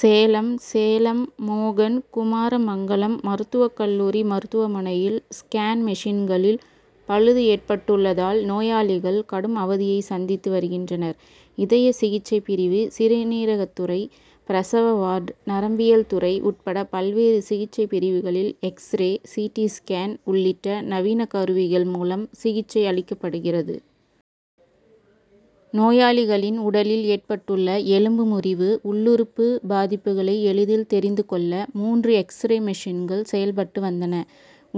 சேலம் சேலம் மோகன் குமாரமங்கலம் மருத்துவக் கல்லூரி மருத்துவமனையில் ஸ்கேன் மெஷின்களில் பழுது ஏற்பட்டுள்ளதால், நோயாளிகள் கடும் அவதியை சந்தித்து வருகின்றனர். இதய சிகிச்சை பிரிவு, சிறுநீரகத்துறை, பிரசவ வார்டு, நரம்பியல் துறை உட்பட பல்வேறு சிகிச்சை பிரிவுகளில் எக்ஸ்ரே, சி. டி., ஸ்கேன் உள்ளிட்ட நவீன கருவிகள் மூலம் சிகிச்சை அளிக்கப்படுகிறது. நோயாளிகளின் உடலில் ஏற்பட்டுள்ள எலும்பு முறிவு, உள்ளுறுப்பு பாதிப்புகளை எளிதில் தெரிந்து கொள்ள மூன்று எக்ஸ்ரே மெஷின்கள் செயல்பட்டு வந்தன.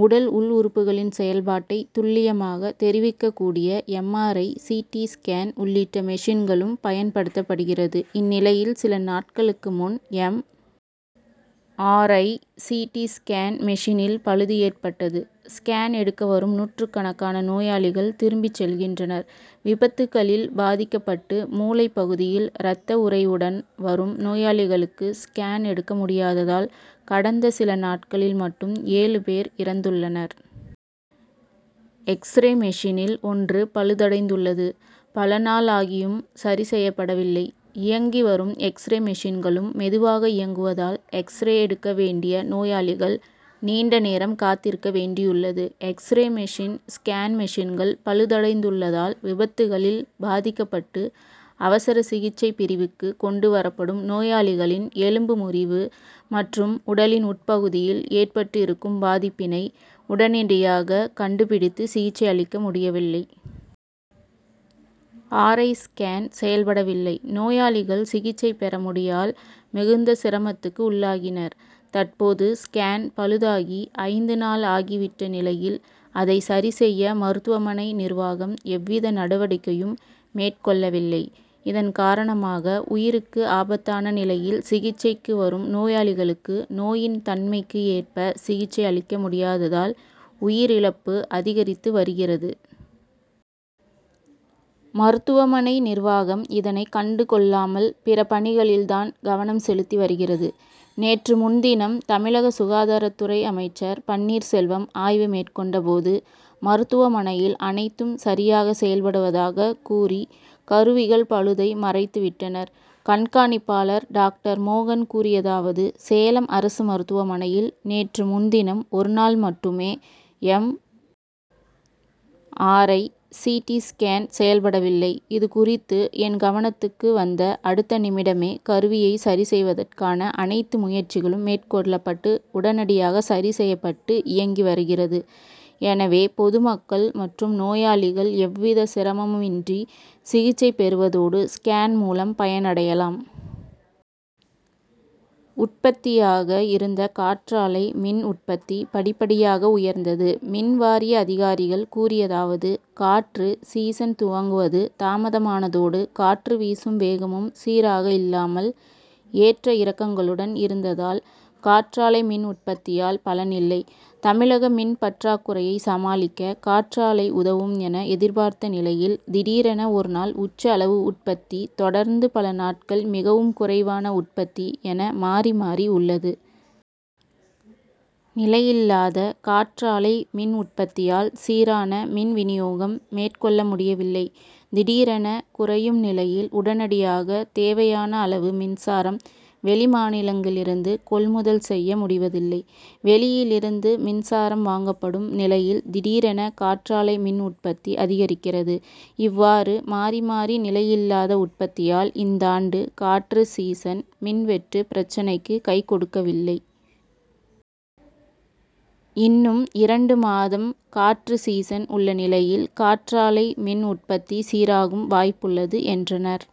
உடல் உள் உறுப்புகளின் செயல்பாட்டை துல்லியமாக தெரிவிக்கக் கூடிய M. R. I., C. T., scan உள்ளிட்ட மெஷின்களும் பயன் படுத்தப்படுகிறது. இந்நிலையில் சில நாட்களுக்கு முன் M. R. I., C. T., scan மெஷினில் பழுது ஏற்பட்டது. ஸ்கேன் எடுக்க வரும் நூற்றுக்கணக்கான நோயாளிகள் திரும்பிச் செல்கின்றனர். விபத்துக்களில் பாதிக்கப்பட்டு மூளை பகுதியில் ரத்த உறைவுடன் வரும் நோயாளிகளுக்கு ஸ்கேன் எடுக்க முடியாததால், கடந்த சில நாட்களில் மட்டும் ஏழு பேர் இறந்துள்ளனர். எக்ஸ்ரே மெஷினில் ஒன்று பழுதடைந்துள்ளது. பல நாள் ஆகியும் சரி செய்யப்பட வில்லை. இயங்கி வரும் எக்ஸ்ரே மெஷின்களும் மெதுவாக இயங்குவதால் எக்ஸ்ரே எடுக்க வேண்டிய நோயாளிகள் நீண்ட நேரம் காத்திருக்க வேண்டியுள்ளது. எக்ஸ்ரே மெஷின், ஸ்கேன் மெஷின்கள் பழுதடைந்துள்ளதால் விபத்துக்களில் பாதிக்கப்பட்டு அவசர சிகிச்சை பிரிவுக்கு கொண்டு வரப்படும் நோயாளிகளின் எலும்பு முறிவு மற்றும் உடலின் உட்பகுதியில் ஏற்பட்டு இருக்கும் பாதிப்பினை உடனடியாக கண்டு பிடித்து சிகிச்சை அளிக்க முடியவில்லை. ஆர். ஐ., ஸ்கேன் செயல்பட வில்லை. நோயாளிகள் சிகிச்சை பெற முடியால் மிகுந்த சிரமத்துக்கு உள்ளாகினர். தற்போது ஸ்கேன் பழுதாகி ஐந்து நாள் ஆகி விட்ட நிலையில், அதை சரி செய்ய மருத்துவமனை நிர்வாகம் எவ்வித நடவடிக்கையும் மேற் கொள்ளவில்லை. இதன் காரணமாக உயிருக்கு ஆபத்தான நிலையில் சிகிச்சைக்கு வரும் நோயாளிகளுக்கு நோயின் தன்மைக்கு ஏற்ப சிகிச்சை அளிக்க முடியாததால், உயிர் இழப்பு அதிகரித்து வருகிறது. மருத்துவமனை நிர்வாகம் இதனை கண்டு கொள்ளாமல் பிற பணிகளில் தான் கவனம் செலுத்தி வருகிறது. நேற்று முன்தினம் தமிழக சுகாதாரத்துறை அமைச்சர் பன்னீர் செல்வம் ஆய்வு மேற் கொண்ட போது, மருத்துவமனையில் அனைத்தும் சரியாக செயல்படுவதாக கூறி கருவிகள் பழுதை மறைத்து விட்டனர். கண்காணிப்பாளர் டாக்டர் மோகன் கூறியதாவது சேலம் அரசு மருத்துவமனையில் நேற்று முன்தினம் ஒரு நாள் மட்டுமே M. R. I., C. T., scan செயல்பட வில்லை. இது குறித்து என் கவனத்துக்கு வந்த அடுத்த நிமிடமே கருவியை சரி செய்வதற்கான அனைத்து முயற்சிகளும் மேற் கொள்ளப்பட்டு உடனடியாக சரி செய்யப்பட்டு இயங்கி வருகிறது. எனவே பொதுமக்கள் மற்றும் நோயாளிகள் எவ்வித சிரமம் இன்றி சிகிச்சை பெருவதோடு ஸ்கேன் மூலம் பயன் அடையலாம். உற்பத்தியாக இருந்த காற்றாலை மின் உற்பத்தி படிப்படியாக உயர்ந்தது. மின் வாரிய அதிகாரிகள் கூறியதாவது காற்று சீசன் துவங்குவது தாமதமானதோடு, காற்று வீசும் வேகமும் சீராக இல்லாமல்; ஏற்ற இறக்கங்களுடன் இருந்ததால் காற்றாலை மின் உற்பத்தியால் பலன் இல்லை. தமிழக மின் பற்றாக்குறையை சமாளிக்க காற்றாலை உதவும் என எதிர்பார்த்த நிலையில், திடீரென ஒரு நாள் உச்ச அளவு உற்பத்தி; தொடர்ந்து பல நாட்கள் மிகவும் குறைவான உற்பத்தி என மாறி, மாறி உள்ளது. நிலையில்லாத காற்றாலை மின் உற்பத்தியால், சீரான மின் வினியோகம் மேற்கொள்ள முடியவில்லை. திடீரென குறையும் நிலையில், உடனடியாக தேவையான அளவு மின்சாரம் வெளிமாநிலங்களிலிருந்து கொள்முதல் செய்ய முடிவதில்லை. வெளியிலிருந்து மின்சாரம் வாங்கப்படும் நிலையில், திடீரென காற்றாலை மின் உற்பத்தி அதிகரிக்கிறது. இவ்வாறு, மாறி, மாறி நிலையில்லாத உற்பத்தியால் இந்தாண்டு காற்று சீசன் மின் வெட்டு பிரச்னைக்கு கை கொடுக்கவில்லை. இன்னும் இரண்டு மாதம் காற்று சீசன் உள்ள நிலையில், காற்றாலை மின் உற்பத்தி சீராகும் வாய்ப்புள்ளது, என்றனர்.